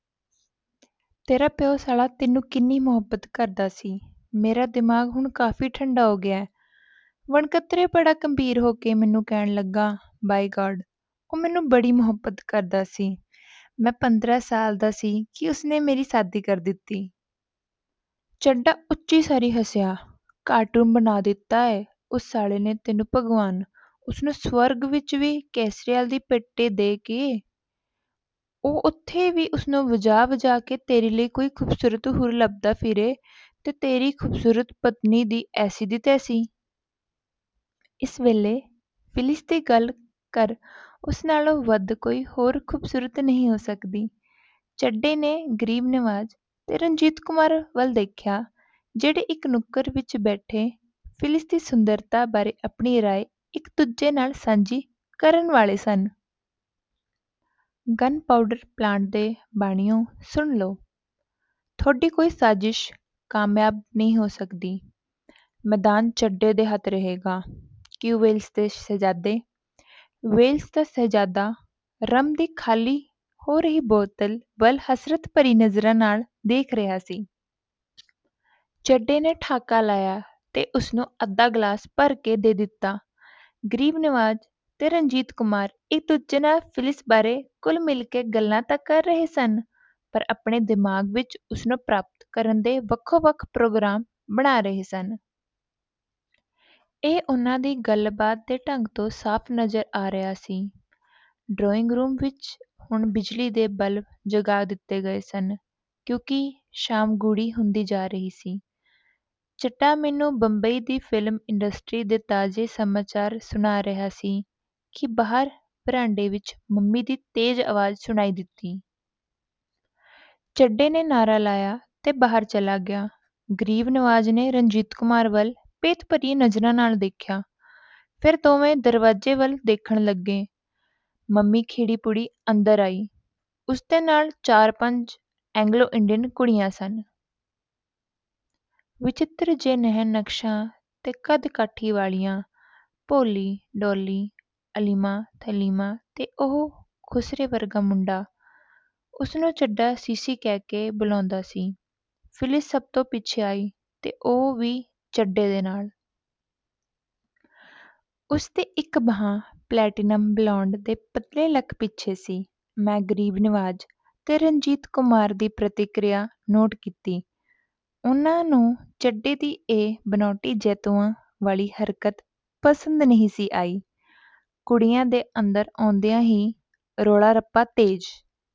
ਤੇਰਾ ਪਿਉ ਸਾਲਾ ਤੈਨੂੰ ਕਿੰਨੀ ਮੁਹੱਬਤ ਕਰਦਾ ਸੀ। ਮੇਰਾ ਦਿਮਾਗ ਹੁਣ ਕਾਫੀ ਠੰਡਾ ਹੋ ਗਿਆ ਏ। "ਵਣਕਤਰੇ ਬੜਾ ਗੰਭੀਰ ਹੋ ਕੇ ਮੈਨੂੰ ਕਹਿਣ ਲੱਗਾ, "ਬਾਈ ਗਾਡ, ਉਹ ਮੈਨੂੰ ਬੜੀ ਮੁਹੱਬਤ ਕਰਦਾ ਸੀ। ਮੈਂ ਪੰਦਰਾਂ ਸਾਲ ਦਾ ਸੀ ਕਿ ਉਸਨੇ ਮੇਰੀ ਸ਼ਾਦੀ ਕਰ ਦਿੱਤੀ। " ਚੱਡਾ ਉੱਚੀ ਸਾਰੀ ਹੱਸਿਆ, "ਕਾਰਟੂਨ ਬਣਾ ਦਿੱਤਾ ਏ ਉਸ ਸਾਲੇ ਨੇ ਤੈਨੂੰ ਭਗਵਾਨ ਉਸਨੂੰ ਸਵਰਗ ਵਿਚ ਵੀ ਕੇਸਰੀਅਲ ਦੀ ਪੇਟੀ ਦਏ ਕਿ ਉਹ ਉੱਥੇ ਵੀ ਉਸਨੂੰ ਵਜਾ-ਵਜਾ ਕੇ ਤੇਰੀ ਲਈ ਕੋਈ ਖ਼ੂਬਸੂਰਤ ਹੂਰ ਲੱਭਦਾ ਫਿਰੇ ਤੇ ਤੇਰੀ ਖੂਬਸੂਰਤ ਪਤਨੀ ਦੀ ਐਸੀ ਦੀ ਤੈਸੀ। ਇਸ ਵੇਲੇ ਫਿਲਿਸ ਦੀ ਗੱਲ ਕਰ ਉਸ ਨਾਲੋਂ ਵੱਧ ਕੋਈ ਹੋਰ ਖ਼ੂਬਸੂਰਤ ਨਹੀਂ ਹੋ ਸਕਦੀ। "ਚੱਡੇ ਨੇ ਗਰੀਬ ਨਿਵਾਜ਼ ਤੇ ਰਣਜੀਤ ਕੁਮਾਰ ਵੱਲ ਦੇਖਿਆ, ਜਿਹੜੇ ਇਕ ਨੁੱਕਰ ਵਿਚ ਬੈਠੇ ਫਿਲਿਸ ਦੀ ਸੁੰਦਰਤਾ ਬਾਰੇ ਆਪਣੀ ਰਾਏ ਇਕ ਦੂਜੇ ਨਾਲ ਸਾਂਝੀ ਕਰਨ ਵਾਲੇ ਸਨ। "ਗਨ ਪਾਊਡਰ ਪਲਾਂਟ ਦੇ ਬਾਣੀਓਂ ਸੁਣ ਲਓ, ਤੁਹਾਡੀ ਕੋਈ ਸਾਜਿਸ਼ ਕਾਮਯਾਬ ਨਹੀਂ ਹੋ ਸਕਦੀ। ਮੈਦਾਨ ਚੱਡੇ ਦੇ ਹੱਥ ਰਹੇਗਾ। ਕਿਉਂ ਵੇਲਜ਼ ਦੇ ਸ਼ਹਿਜ਼ਾਦੇ? " ਵੇਲਜ਼ ਦਾ ਸ਼ਹਿਜ਼ਾਦਾ ਰੰਮ ਦੀ ਖਾਲੀ ਹੋ ਰਹੀ ਬੋਤਲ ਵੱਲ ਹਸਰਤ ਭਰੀਆਂ ਨਜ਼ਰਾਂ ਨਾਲ ਦੇਖ ਰਿਹਾ ਸੀ। ਚੱਡੇ ਨੇ ਠਹਾਕਾ ਲਾਇਆ ਤੇ ਉਸਨੂੰ ਅੱਧਾ ਗ਼ਲਾਸ ਭਰ ਕੇ ਦੇ ਦਿੱਤਾ। ਗਰੀਬ ਨਿਵਾਜ਼ ਤੇ ਰਣਜੀਤ ਕੁਮਾਰ ਇਕ ਦੂਜੇ ਨਾਲ ਫਿਲਿਸ ਬਾਰੇ ਘੁਲ ਮਿਲ ਕੇ ਗੱਲਾਂ ਤਾਂ ਕਰ ਰਹੇ ਸਨ, ਪਰ ਆਪਣੇ ਦਿਮਾਗ ਵਿਚ ਉਸਨੂੰ ਪ੍ਰਾਪਤ ਕਰਨ ਦੇ ਵੱਖੋ-ਵੱਖ ਪ੍ਰੋਗਰਾਮ ਬਣਾ ਰਹੇ ਸਨ। ਇਹ ਉਹਨਾਂ ਦੀ ਗੱਲਬਾਤ ਦੇ ਢੰਗ ਤੋਂ ਸਾਫ ਨਜ਼ਰ ਆ ਰਿਹਾ ਸੀ। ਡਰਾਇੰਗ ਰੂਮ ਵਿਚ ਹੁਣ ਬਿਜਲੀ ਦੇ ਬਲਬ ਜਗਾ ਦਿੱਤੇ ਗਏ ਸਨ, ਕਿਉਂਕਿ ਸ਼ਾਮ ਗੂੜ੍ਹੀ ਹੁੰਦੀ ਜਾ ਰਹੀ ਸੀ। ਚੱਡਾ ਮੈਨੂੰ ਬੰਬਈ ਦੀ ਫ਼ਿਲਮ ਇੰਡਸਟਰੀ ਦੇ ਤਾਜ਼ੇ ਸਮਾਚਾਰ ਸੁਣਾ ਰਿਹਾ ਸੀ ਕਿ ਬਾਹਰ ਵਰਾਂਡੇ ਵਿਚ ਮੰਮੀ ਦੀ ਤੇਜ਼ ਆਵਾਜ਼ ਸੁਣਾਈ ਦਿੱਤੀ। ਚੱਡੇ ਨੇ ਨਾਅਰਾ ਲਾਇਆ ਤੇ ਬਾਹਰ ਚਲਾ ਗਿਆ। ਗਰੀਬ ਨਿਵਾਜ਼ ਨੇ ਰਣਜੀਤ ਕੁਮਾਰ ਵੱਲ ਭੇਤ-ਭਰੀਆਂ ਨਜ਼ਰਾਂ ਨਾਲ ਦੇਖਿਆ। ਫੇਰ ਦੋਵੇਂ ਦਰਵਾਜ਼ੇ ਵੱਲ ਦੇਖਣ ਲੱਗੇ। ਮੰਮੀ ਖਿੜੀ-ਪੁੜੀ ਅੰਦਰ ਆਈ। ਉਸ ਦੇ ਨਾਲ ਚਾਰ ਪੰਜ ਐਂਗਲੋ ਇੰਡੀਅਨ ਕੁੜੀਆਂ ਸਨ। ਵਚਿੱਤਰ ਜਿਹੇ ਨੈਣ-ਨਕਸ਼ਾਂ ਤੇ ਕੱਦ-ਕਾਠੀ ਵਾਲੀਆਂ। ਪੋਲੀ, ਡੋਲੀ, ਐਲੀਮਾ, ਥੈਲੀਮਾ ਤੇ ਉਹ ਖੁਸਰੇ ਵਰਗਾ ਮੁੰਡਾ। ਉਸਨੂੰ ਚੱਡਾ ਸਿਸੀ ਕਹਿ ਕੇ ਬੁਲਾਉਂਦਾ ਸੀ। ਫਿਲਿਸ ਸਭ ਤੋਂ ਪਿੱਛੋਂ ਆਈ ਤੇ ਉਹ ਵੀ ਚੱਡੇ ਦੇ ਨਾਲ। ਉਸਦੀ ਇਕ ਬਾਂਹ ਪਲੇਟੀਨਮ-ਬਲੌਂਡ ਦੇ ਪਤਲੇ ਲੱਕ ਪਿੱਛੇ ਸੀ। ਮੈਂ ਗਰੀਬ ਨਿਵਾਜ਼ ਤੇ ਰਣਜੀਤ ਕੁਮਾਰ ਦੀ ਪ੍ਰਤੀਕ੍ਰਿਆ ਨੋਟ ਕੀਤੀ। ਉਹਨਾਂ ਨੂੰ ਚੱਡੇ ਦੀ ਇਹ ਬਨਾਉਟੀ ਜੈਤੂਆਂ ਵਾਲੀ ਹਰਕਤ ਪਸੰਦ ਨਹੀਂ ਸੀ ਆਈ। ਕੁੜੀਆਂ ਦੇ ਅੰਦਰ ਆਉਂਦਿਆਂ ਹੀ ਰੌਲਾ-ਰੱਪਾ ਤੇਜ਼